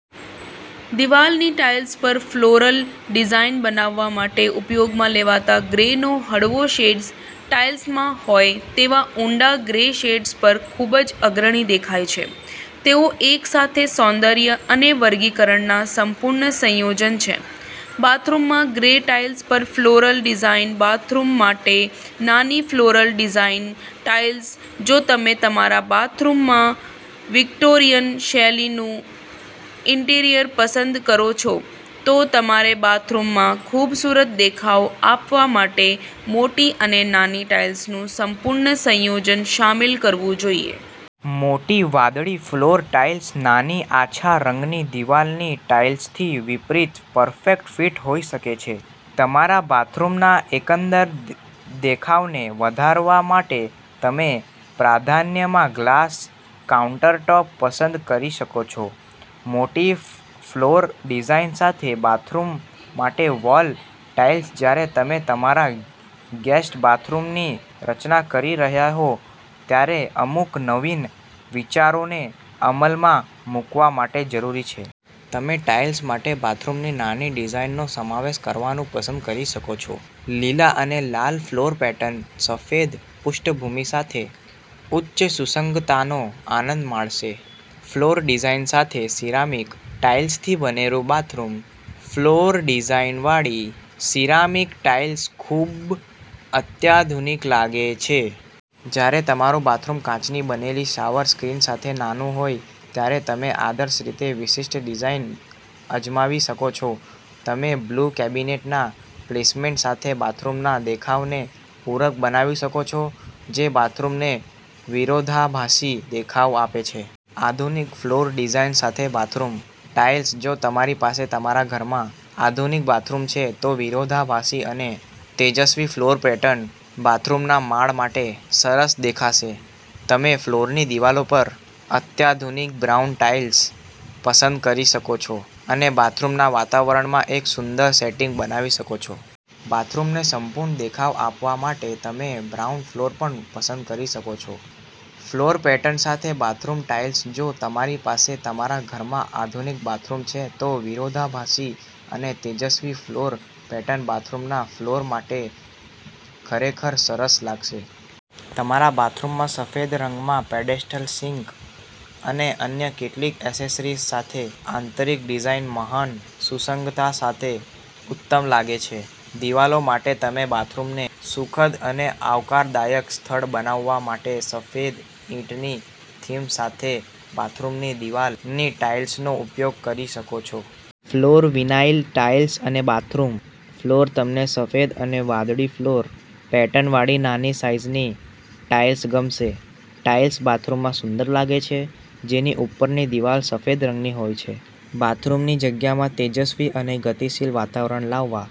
દિવાલની ટાઇલ્સ પર floral design બનાવવા માટે ઉપયોગમાં લેવાતા ગ્રેનો હળવો શેડ ટાઇલ્સમાં હોય તેવા ઊંડા ગ્રે શેડ્સ પર ખૂબ અગ્રણી દેખાય છે. તેઓ એકસાથે સૌંદર્ય અને વર્ગીકરણના સંપૂર્ણ સંયોજન છે. બાથરૂમમાં ગ્રે ટાઇલ્સ પર ફ્લોરલ ડિઝાઇન બાથરૂમ માટે નાની ફ્લોરલ ટાઇલ્સ ડિઝાઇન જો તમે તમારા બાથરૂમમાં વિક્ટોરિયન-શૈલીનું ઇન્ટિરિયર પસંદ કરો છો, તો તમારે બાથરૂમમાં ખૂબસૂરત દેખાવ આપવા માટે મોટી અને નાની ટાઇલ્સનું સંપૂર્ણ સંયોજન સામેલ કરવું જોઈએ. મોટી વાદળી ફ્લોર ટાઇલ્સ નાની આછા રંગની દિવાલની ટાઇલ્સથી વિપરીત પરફેક્ટ ફિટ હોઈ શકે છે. તમારા બાથરૂમના એકંદર દેખાવને વધારવા માટે તમે પ્રાધાન્યમાં ગ્લાસ કાઉન્ટરટૉપ પસંદ કરી શકો છો. મોટી ફ્લોરલ ડિઝાઇન સાથે બાથરૂમ માટે વોલ ટાઇલ્સ જ્યારે તમે તમારા ગેસ્ટ બાથરૂમની રચના કરી રહ્યા હો, ત્યારે અમુક નવીન વિચારોને અમલમાં મૂકવા માટે જરૂરી છે. તમે ટાઇલ્સ માટે બાથરૂમની નાની ડિઝાઇનનો સમાવેશ કરવાનું પસંદ કરી શકો છો. લીલા અને લાલ ફ્લોરલ પેટર્ન સફેદ પૃષ્ઠભૂમિ સાથે ઉચ્ચ સુસંગતતાનો આનંદ માણશે. ફ્લોરલ ડિઝાઇન સાથે સિરામિક ટાઇલ્સથી બનેલું બાથરૂમ ફ્લોરલ ડિઝાઇનવાળી સિરામિક ટાઇલ્સ ખૂબ અત્યાધુનિક લાગે છે. જ્યારે તમારું બાથરૂમ કાચની બનેલી શાવર સ્ક્રીન સાથે નાનું હોય, ત્યારે તમે આદર્શ રીતે વિશિષ્ટ ડિઝાઇન અજમાવી શકો છો. તમે બ્લુ કેબિનેટના પ્લેસમેન્ટ સાથે બાથરૂમના દેખાવને પૂરક બનાવી શકો છો, જે બાથરૂમને વિરોધાભાસી દેખાવ આપે છે. આધુનિક ફ્લોરલ ડિઝાઇન સાથે બાથરૂમ ટાઇલ્સ જો તમારી પાસે તમારા ઘરમાં આધુનિક બાથરૂમ છે, તો વિરોધાભાસી અને તેજસ્વી ફ્લોરલ પેટર્ન બાથરૂમના માળ માટે સરસ દેખાશે. તમે ફ્લોરની દિવાલો પર અત્યાધુનિક બ્રાઉન ટાઇલ્સ પસંદ કરી શકો છો અને બાથરૂમના વાતાવરણમાં એક સુંદર સેટિંગ બનાવી શકો છો. બાથરૂમને સંપૂર્ણ દેખાવ આપવા માટે તમે બ્રાઉન ફ્લોર પણ પસંદ કરી શકો છો. ફ્લોરલ પેટર્ન સાથે બાથરૂમ ટાઇલ્સ જો તમારી પાસે તમારા ઘરમાં આધુનિક બાથરૂમ છે, તો વિરોધાભાસી અને તેજસ્વી ફ્લોરલ પેટર્ન બાથરૂમના ફ્લોર માટે ખરેખર સરસ લાગશે. તમારા બાથરૂમમાં સફેદ રંગમાં પેડેસ્ટલ સિંક અને અન્ય કેટલીક એસેસરીઝ સાથે, આંતરિક ડિઝાઇન મહાન સુસંગતતા સાથે ઉત્તમ લાગે છે. દિવાલો માટે, તમે બાથરૂમને સુખદ અને આવકારદાયક સ્થળ બનાવવા માટે સફેદ-ઈંટની થીમ સાથે બાથરૂમની દિવાલની ટાઇલ્સનો ઉપયોગ કરી શકો છો. ફ્લોરલ વિનાઇલ ટાઇલ્સ સાથે બાથરૂમ ફ્લોર તમને સફેદ અને વાદળી ફ્લોરલ પેટર્નવાળી નાની સાઇઝની ટાઇલ્સ ગમશે. ટાઇલ્સ બાથરૂમમાં સુંદર લાગે છે, જેની ઉપરની દિવાલ સફેદ રંગની હોય છે. બાથરૂમની જગ્યામાં તેજસ્વી અને ગતિશીલ વાતાવરણ લાવવા